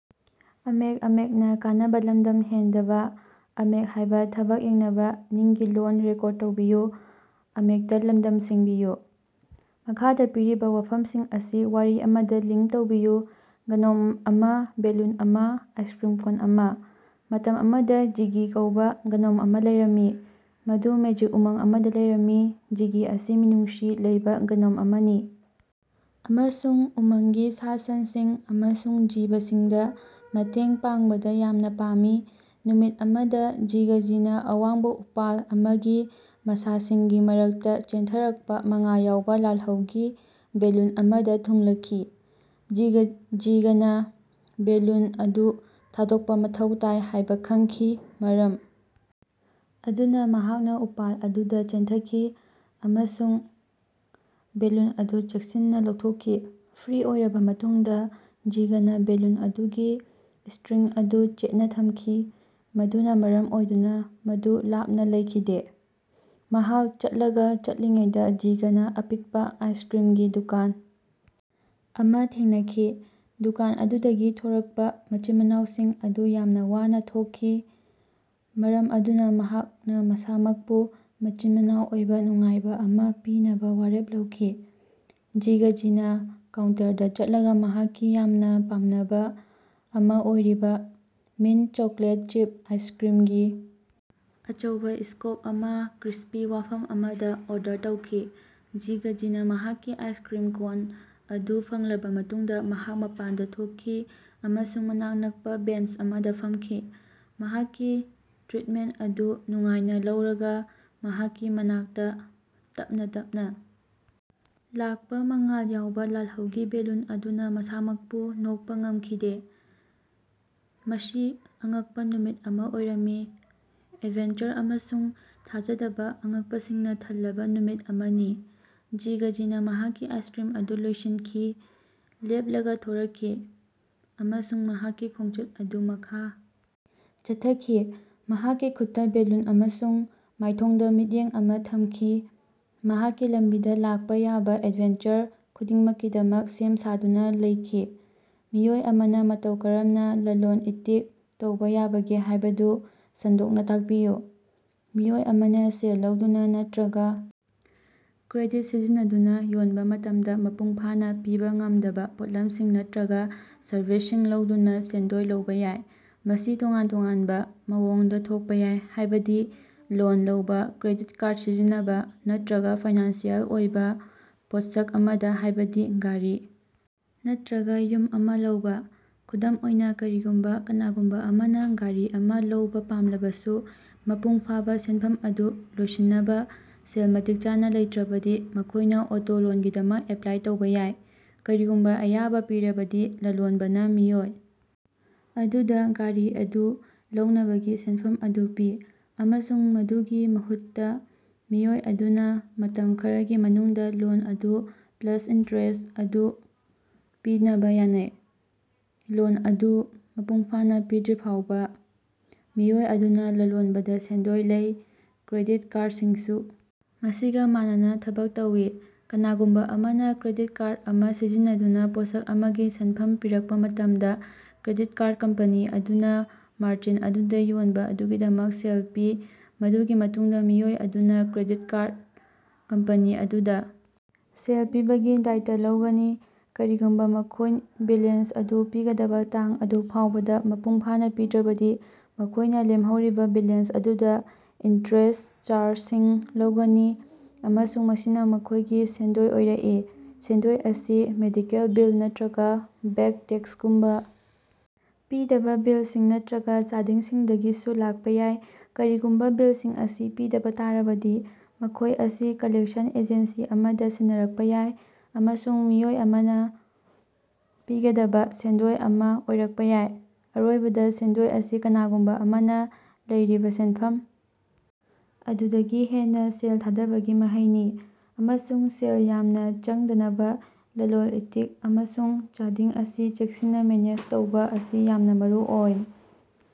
ꯃꯈꯥꯗ ꯄꯤꯔꯤꯕ ꯋꯥꯐꯝꯁꯤꯡ ꯑꯁꯤ ꯋꯥꯔꯤ ꯑꯃꯗ ꯂꯤꯉꯛ ꯇꯧꯕꯤꯌꯨ꯫ ꯒ꯭ꯅꯣꯝ ꯑꯃꯥ, ꯕꯦꯂꯨꯟ ꯑꯃ, ꯑꯥꯏꯁꯀ꯭ꯔꯤꯝ ꯀꯣꯟ ꯑꯃ꯫ ꯃꯇꯝ ꯑꯃꯗ ꯖꯤꯒꯤ ꯀꯧꯕꯥ ꯒ꯭ꯅꯣꯝ ꯑꯃ ꯂꯩꯔꯝꯃꯤ, ꯃꯗꯨ ꯃꯦꯖꯤꯛ ꯎꯃꯪ ꯑꯃꯗꯥ ꯂꯩꯔꯝꯃꯤ꯫ ꯖꯤꯒꯤ ꯑꯁꯤ ꯃꯤꯅꯨꯡꯁꯤ ꯂꯩꯕꯥ ꯒ꯭ꯅꯣꯝ ꯑꯃꯅꯤ ꯑꯃꯁꯨꯡ ꯎꯃꯪꯒꯤ ꯁꯥ-ꯁꯟꯁꯤꯡ ꯑꯃꯁꯨꯡ ꯖꯤꯕꯁꯤꯡꯗꯥ ꯃꯇꯦꯡ ꯄꯥꯡꯕꯗꯥ ꯌꯥꯝꯅ ꯄꯥꯝꯃꯤ꯫ ꯅꯨꯃꯤꯠ ꯑꯃꯗꯥ ꯖꯤꯒꯖꯤꯅꯥ ꯑꯋꯥꯡꯕꯥ ꯎꯄꯥꯜ ꯑꯃꯒꯤ ꯃꯁꯥꯁꯤꯡꯒꯤ ꯃꯔꯛꯇꯥ ꯆꯦꯟꯊꯔꯛꯄꯥ ꯃꯉꯥꯜ ꯌꯥꯎꯕ ꯂꯥꯜꯍꯧꯒꯤ ꯕꯦꯂꯨꯟ ꯑꯃꯗꯥ ꯊꯨꯡꯂꯈꯤ꯫ ꯖꯤꯒꯅꯥ ꯕꯦꯂꯨꯟ ꯑꯗꯨ ꯊꯥꯗꯣꯛꯄ ꯃꯊꯧ ꯇꯥꯏ ꯍꯥꯏꯕ ꯈꯪꯈꯤ, ꯃꯔꯝ ꯑꯗꯨꯅ ꯃꯍꯥꯛꯅ ꯎꯄꯥꯜ ꯑꯗꯨꯗ ꯆꯦꯟꯊꯈꯤ ꯑꯃꯁꯨꯡ ꯕꯦꯂꯨꯟ ꯑꯗꯨ ꯆꯦꯛꯁꯤꯟꯅꯥ ꯂꯧꯊꯣꯛꯈꯤ꯫ ꯐ꯭ꯔꯤ ꯑꯣꯏꯔꯕꯥ ꯃꯇꯨꯡꯗ ꯖꯤꯒꯅꯥ ꯕꯦꯂꯨꯟ ꯑꯗꯨꯒꯤ ꯁ꯭ꯇꯔꯤꯡ ꯑꯗꯨ ꯆꯦꯠꯅ ꯊꯝꯈꯤ, ꯃꯗꯨꯅ ꯃꯔꯝ ꯑꯣꯏꯗꯨꯅ ꯃꯗꯨ ꯂꯥꯞꯅ ꯂꯩꯈꯤꯗꯦ꯫ ꯃꯍꯥꯛ ꯆꯠꯂꯒꯥ ꯆꯠꯂꯤꯉꯩꯗꯥ ꯖꯤꯒꯅꯥ ꯑꯄꯤꯛꯄꯥ ꯑꯥꯏꯁꯀ꯭ꯔꯤꯝꯒꯤ ꯗꯨꯀꯥꯟ ꯑꯃ ꯊꯦꯡꯅꯈꯤ꯫ ꯗꯨꯀꯥꯟ ꯑꯗꯨꯗꯒꯤ ꯊꯣꯔꯛꯄꯥ ꯃꯆꯤꯟ-ꯃꯅꯥꯎꯁꯤꯡ ꯑꯗꯨ ꯌꯥꯝꯅ ꯋꯥꯅꯥ ꯊꯣꯛꯈꯤ, ꯃꯔꯝ ꯑꯗꯨꯅ ꯃꯍꯥꯛꯅ ꯃꯁꯥꯃꯛꯄꯨ ꯃꯆꯤꯟ-ꯃꯅꯥꯎ ꯑꯣꯏꯕ ꯅꯨꯡꯉꯥꯏꯕ ꯑꯃꯥ ꯄꯤꯅꯕ ꯋꯥꯔꯦꯞ ꯂꯧꯈꯤ꯫ ꯖꯤꯒꯖꯤꯅꯥ ꯀꯥꯎꯟꯇꯔꯗꯥ ꯆꯠꯂꯒ ꯃꯍꯥꯛꯀꯤ ꯌꯥꯝꯅꯥ ꯄꯥꯝꯅꯕꯥ ꯑꯃꯥ ꯑꯣꯏꯔꯤꯕꯥ ꯃꯤꯟꯇ ꯆꯣꯀꯣꯂꯦꯠ ꯆꯤꯞ ꯑꯥꯏꯁꯀ꯭ꯔꯤꯝꯒꯤ ꯑꯆꯧꯕ ꯁ꯭ꯀꯣꯞ ꯑꯃ ꯀ꯭ꯔꯤꯁꯄꯤ ꯋꯥꯐꯝ ꯑꯃꯗ ꯑꯣꯔꯗꯔ ꯇꯧꯈꯤ꯫ ꯖꯤꯒꯖꯤꯅꯥ ꯃꯍꯥꯛꯀꯤ ꯑꯥꯏꯁꯀ꯭ꯔꯤꯝ ꯀꯣꯟ ꯑꯗꯨ ꯐꯪꯂꯕꯥ ꯃꯇꯨꯡꯗꯥ ꯃꯍꯥꯛ ꯃꯄꯥꯟꯗꯥ ꯊꯣꯛꯈꯤ ꯑꯃꯁꯨꯡ ꯃꯅꯥꯛ ꯅꯛꯄꯥ ꯕꯦꯟꯆ ꯑꯃꯗꯥ ꯐꯝꯈꯤ꯫ ꯃꯍꯥꯛꯀꯤ ꯇ꯭ꯔꯤꯠꯃꯦꯟꯠ ꯑꯗꯨ ꯅꯨꯡꯉꯥꯏꯅꯥ ꯂꯧꯔꯒꯥ, ꯃꯍꯥꯛꯀꯤ ꯃꯅꯥꯛꯇ ꯇꯞꯅꯥ ꯇꯞꯅꯥ ꯂꯥꯛꯄꯥ ꯃꯉꯥꯜ ꯌꯥꯎꯕ ꯂꯥꯜꯍꯧꯒꯤ ꯕꯦꯂꯨꯟ ꯑꯗꯨꯅꯥ ꯃꯁꯥꯃꯛꯄꯨ ꯅꯣꯛꯄꯥ ꯉꯝꯈꯤꯗꯦ꯫ ꯃꯁꯤ ꯑꯉꯛꯄꯥ ꯅꯨꯃꯤꯠ ꯑꯃꯥ ꯑꯣꯏꯔꯝꯃꯤ, ꯑꯦꯗꯚꯦꯟꯆꯔ ꯑꯃꯁꯨꯡ ꯊꯥꯖꯗꯕ ꯑꯉꯛꯄꯁꯤꯡꯅ ꯊꯜꯂꯕꯥ ꯅꯨꯃꯤꯠ ꯑꯃꯅꯤ꯫ ꯖꯤꯒꯖꯤꯅꯥ ꯃꯍꯥꯛꯀꯤ ꯑꯥꯏꯁꯀ꯭ꯔꯤꯝ ꯑꯗꯨ ꯂꯣꯏꯁꯤꯟꯈꯤ, ꯂꯦꯞꯂꯒꯥ ꯊꯣꯔꯛꯈꯤ ꯑꯃꯁꯨꯡ ꯃꯍꯥꯛꯀꯤ ꯈꯣꯡꯆꯠ ꯑꯗꯨ ꯃꯈꯥ ꯆꯠꯊꯈꯤ, ꯃꯍꯥꯛꯀꯤ ꯈꯨꯠꯇꯥ ꯕꯦꯂꯨꯟ ꯑꯃꯁꯨꯡ ꯃꯥꯏꯊꯣꯡꯗꯥ ꯃꯤꯠꯌꯦꯡ ꯑꯃꯥ ꯊꯝꯈꯤ, ꯃꯍꯥꯛꯀꯤ ꯂꯝꯕꯤꯗꯥ ꯂꯥꯛꯄꯥ ꯌꯥꯕꯥ ꯑꯦꯗꯚꯦꯟꯆꯔ ꯈꯨꯗꯤꯡꯃꯛꯀꯤꯗꯃꯛ ꯁꯦꯝ ꯁꯥꯗꯨꯅ ꯂꯩꯈꯤ꯫ ꯃꯤꯑꯣꯏ ꯑꯃꯅꯥ ꯃꯇꯧ ꯀꯔꯝꯅ ꯂꯥꯂꯣꯟ-ꯏꯇꯤꯛ ꯇꯧꯕꯥ ꯌꯥꯕꯒꯦ ꯍꯥꯏꯕꯗꯨ ꯁꯟꯗꯣꯛꯅꯥ ꯇꯥꯛꯄꯤꯌꯨ꯫ ꯃꯤꯑꯣꯏ ꯑꯃꯅꯥ ꯁꯦꯜ ꯂꯧꯗꯨꯅꯥ ꯅꯠꯇ꯭ꯔꯒꯥ ꯀ꯭ꯔꯦꯗꯤꯠ ꯁꯤꯖꯤꯟꯅꯗꯨꯅ ꯌꯣꯟꯕ ꯃꯇꯝꯗ ꯃꯄꯨꯡ ꯐꯥꯅꯥ ꯄꯤꯕꯥ ꯉꯝꯗꯕꯥ ꯄꯣꯠꯂꯝꯁꯤꯡ ꯅꯠꯇꯔꯒ ꯁꯥꯔꯚꯤꯁꯁꯤꯡ ꯂꯧꯗꯨꯅ ꯁꯦꯟꯗꯣꯏ ꯂꯧꯕꯥ ꯌꯥꯏ꯫ ꯃꯁꯤ ꯇꯣꯉꯥꯟ-ꯇꯣꯉꯥꯟꯕ ꯃꯑꯣꯡꯗ ꯊꯣꯛꯄ ꯌꯥꯏ, ꯍꯥꯏꯕꯗꯤ ꯂꯣꯟ ꯂꯧꯕ, ꯀ꯭ꯔꯦꯗꯤꯠ ꯀꯥꯔ꯭ꯗ ꯁꯤꯖꯤꯟꯅꯕ, ꯅꯠꯇꯔꯒ ꯐꯥꯏꯅꯥꯟꯁꯤꯑꯦꯜ ꯑꯣꯏꯕ ꯄꯣꯠꯁꯛ ꯑꯃꯗꯥ ꯍꯥꯏꯕꯗꯤ ꯒꯥꯔꯤ ꯅꯠꯇ꯭ꯔꯒꯥ ꯌꯨꯝ ꯑꯃ ꯂꯧꯕ꯫ ꯈꯨꯗꯝ ꯑꯣꯏꯅꯥ, ꯀꯔꯤꯒꯨꯝꯕ ꯀꯅꯥꯒꯨꯝꯕ ꯑꯃꯅ ꯒꯥꯔꯤ ꯑꯃꯥ ꯂꯧꯕꯥ ꯄꯥꯝꯂꯕꯁꯨ ꯃꯄꯨꯡ ꯐꯥꯕ ꯁꯦꯟꯐꯝ ꯑꯗꯨ ꯂꯣꯏꯁꯤꯟꯅꯕ ꯁꯦꯜ ꯃꯇꯤꯛ ꯆꯥꯅ ꯂꯩꯇꯔꯕꯗꯤ ꯃꯈꯣꯏꯅꯥ ꯑꯣꯇꯣ ꯂꯣꯟꯒꯤꯗꯃꯛ ꯑꯦꯄ꯭ꯂꯥꯏ ꯇꯧꯕꯥ ꯌꯥꯏ꯫ ꯀꯔꯤꯒꯨꯝꯕꯥ ꯑꯌꯥꯕꯥ ꯄꯤꯔꯕꯗꯤ, ꯂꯥꯂꯣꯟꯕꯅꯥ ꯃꯤꯑꯣꯏ ꯑꯗꯨꯗꯥ ꯒꯥꯔꯤ ꯑꯗꯨ ꯂꯧꯅꯕꯒꯤ ꯁꯦꯟꯐꯝ ꯑꯗꯨ ꯄꯤ, ꯑꯃꯁꯨꯡ ꯃꯗꯨꯒꯤ ꯃꯍꯨꯠꯇꯥꯜ, ꯃꯤꯑꯣꯏ ꯑꯗꯨꯅ ꯃꯇꯝ ꯈꯔꯒꯤ ꯃꯅꯨꯡꯗꯥ ꯂꯣꯟ ꯑꯗꯨ ꯄ꯭ꯂꯥꯁ ꯏꯟꯇ꯭ꯔꯦꯁ꯭ ꯑꯗꯨ ꯄꯤꯅꯕ ꯌꯥꯅꯩ꯫ ꯂꯣꯟ ꯑꯗꯨ ꯃꯄꯨꯡꯐꯥꯅ ꯄꯤꯗ꯭ꯔꯤꯐꯥꯎꯕ, ꯃꯤꯑꯣꯏ ꯑꯗꯨꯅꯥ ꯂꯥꯂꯣꯟꯕꯗ ꯁꯦꯟꯗꯣꯏ ꯂꯩ꯫ ꯀ꯭ꯔꯦꯗꯤꯠ ꯀꯥꯔ꯭ꯗꯁꯤꯡꯁꯨ ꯃꯁꯤꯒꯥ ꯃꯥꯟꯅꯅꯥ ꯊꯕꯛ ꯇꯧꯏ꯫ ꯀꯅꯥꯒꯨꯝꯕꯥ ꯑꯃꯅꯥ ꯀ꯭ꯔꯦꯗꯤꯠ ꯀꯥꯔ꯭ꯗ ꯑꯃꯥ ꯁꯤꯖꯤꯟꯅꯗꯨꯅꯥ ꯄꯣꯠꯁꯛ ꯑꯃꯒꯤ ꯁꯦꯟꯐꯝ ꯄꯤꯔꯛꯄꯥ ꯃꯇꯝꯗ ꯀ꯭ꯔꯦꯗꯤꯠ ꯀꯥꯔ꯭ꯗ ꯀꯝꯄꯥꯅꯤ ꯑꯗꯨꯅꯥ ꯃꯥꯔꯆꯦꯟꯠ ꯑꯗꯨꯗ ꯌꯣꯟꯕꯥ ꯑꯗꯨꯒꯤꯗꯃꯛ ꯁꯦꯜ ꯄꯤ꯫ ꯃꯗꯨꯒꯤ ꯃꯇꯨꯡꯗꯥ ꯃꯤꯑꯣꯏ ꯑꯗꯨꯅꯥ ꯀ꯭ꯔꯦꯗꯤꯠ ꯀꯥꯔ꯭ꯗ ꯀꯝꯄꯥꯅꯤ ꯑꯗꯨꯗ ꯁꯦꯜ ꯄꯤꯕꯒꯤ ꯗꯥꯌꯇ ꯂꯧꯒꯅꯤ꯫ ꯀꯔꯤꯒꯨꯝꯕ ꯃꯈꯣꯌ ꯕꯦꯂꯦꯟꯁ ꯑꯗꯨ ꯄꯤꯒꯗꯕ ꯇꯥꯡ ꯑꯗꯨ ꯐꯥꯎꯕꯗ ꯃꯄꯨꯡꯐꯥꯅꯥ ꯄꯤꯗ꯭ꯔꯕꯗꯤ, ꯃꯈꯣꯏꯅ ꯂꯦꯝꯍꯧꯔꯤꯕꯥ ꯕꯦꯂꯦꯟꯁ ꯑꯗꯨꯗ ꯏꯟꯇ꯭ꯔꯦꯁ ꯆꯥꯔꯖꯁꯤꯡ ꯂꯧꯒꯅꯤ, ꯑꯃꯁꯨꯡ ꯃꯁꯤꯅꯥ ꯃꯈꯣꯏꯒꯤ ꯁꯦꯟꯗꯣꯏ ꯑꯣꯏꯔꯛꯏ꯫ ꯁꯦꯟꯗꯣꯏ ꯑꯁꯤ ꯃꯦꯗꯤꯀꯦꯜ ꯕꯤꯜ ꯅꯠꯇ꯭ꯔꯒ ꯕꯦꯛ ꯇꯦꯛꯁꯒꯨꯝꯕ ꯄꯤꯗꯕ ꯕꯤꯜꯁꯤꯡ ꯅꯠꯇ꯭ꯔꯒ ꯆꯥꯗꯤꯡꯁꯤꯡꯗꯒꯤꯁꯨ ꯂꯥꯛꯄ ꯌꯥꯏ꯫ ꯀꯔꯤꯒꯨꯝꯕ ꯕꯤꯜꯁꯤꯡ ꯑꯁꯤ ꯄꯤꯗꯕꯥ ꯇꯥꯔꯕꯗꯤ, ꯃꯈꯣꯏ ꯑꯁꯤ ꯀꯥꯂꯦꯛꯁꯟ ꯑꯦꯖꯦꯟꯁꯤ ꯑꯃꯗ ꯁꯤꯟꯅꯔꯛꯄꯥ ꯌꯥꯏ ꯑꯃꯁꯨꯡ ꯃꯤꯑꯣꯏ ꯑꯗꯨꯅꯥ ꯄꯤꯒꯗꯕ ꯁꯦꯟꯗꯣꯏ ꯑꯃꯥ ꯑꯣꯏꯔꯛꯄꯥ ꯌꯥꯏ꯫ ꯑꯔꯣꯏꯕꯗ, ꯁꯦꯟꯗꯣꯏ ꯑꯁꯤ ꯀꯅꯥꯒꯨꯝꯕ ꯑꯃꯅ ꯂꯩꯔꯤꯕ ꯁꯦꯟꯐꯝ ꯑꯗꯨꯗꯒꯤ ꯍꯦꯟꯅꯥ ꯁꯦꯜ ꯊꯥꯗꯕꯒꯤ ꯃꯍꯩꯅꯤ, ꯑꯃꯁꯨꯡ ꯁꯦꯜ ꯌꯥꯝꯅ ꯆꯪꯗꯅꯕꯥ ꯂꯥꯂꯣꯟ-ꯏꯇꯤꯛ ꯑꯃꯁꯨꯡ ꯆꯥꯗꯤꯡ ꯑꯁꯤ ꯆꯦꯛꯁꯤꯟꯅ ꯃꯦꯅꯦꯖ ꯇꯧꯕ ꯑꯁꯤ ꯌꯥꯝꯅ ꯃꯔꯨꯑꯣꯏ꯫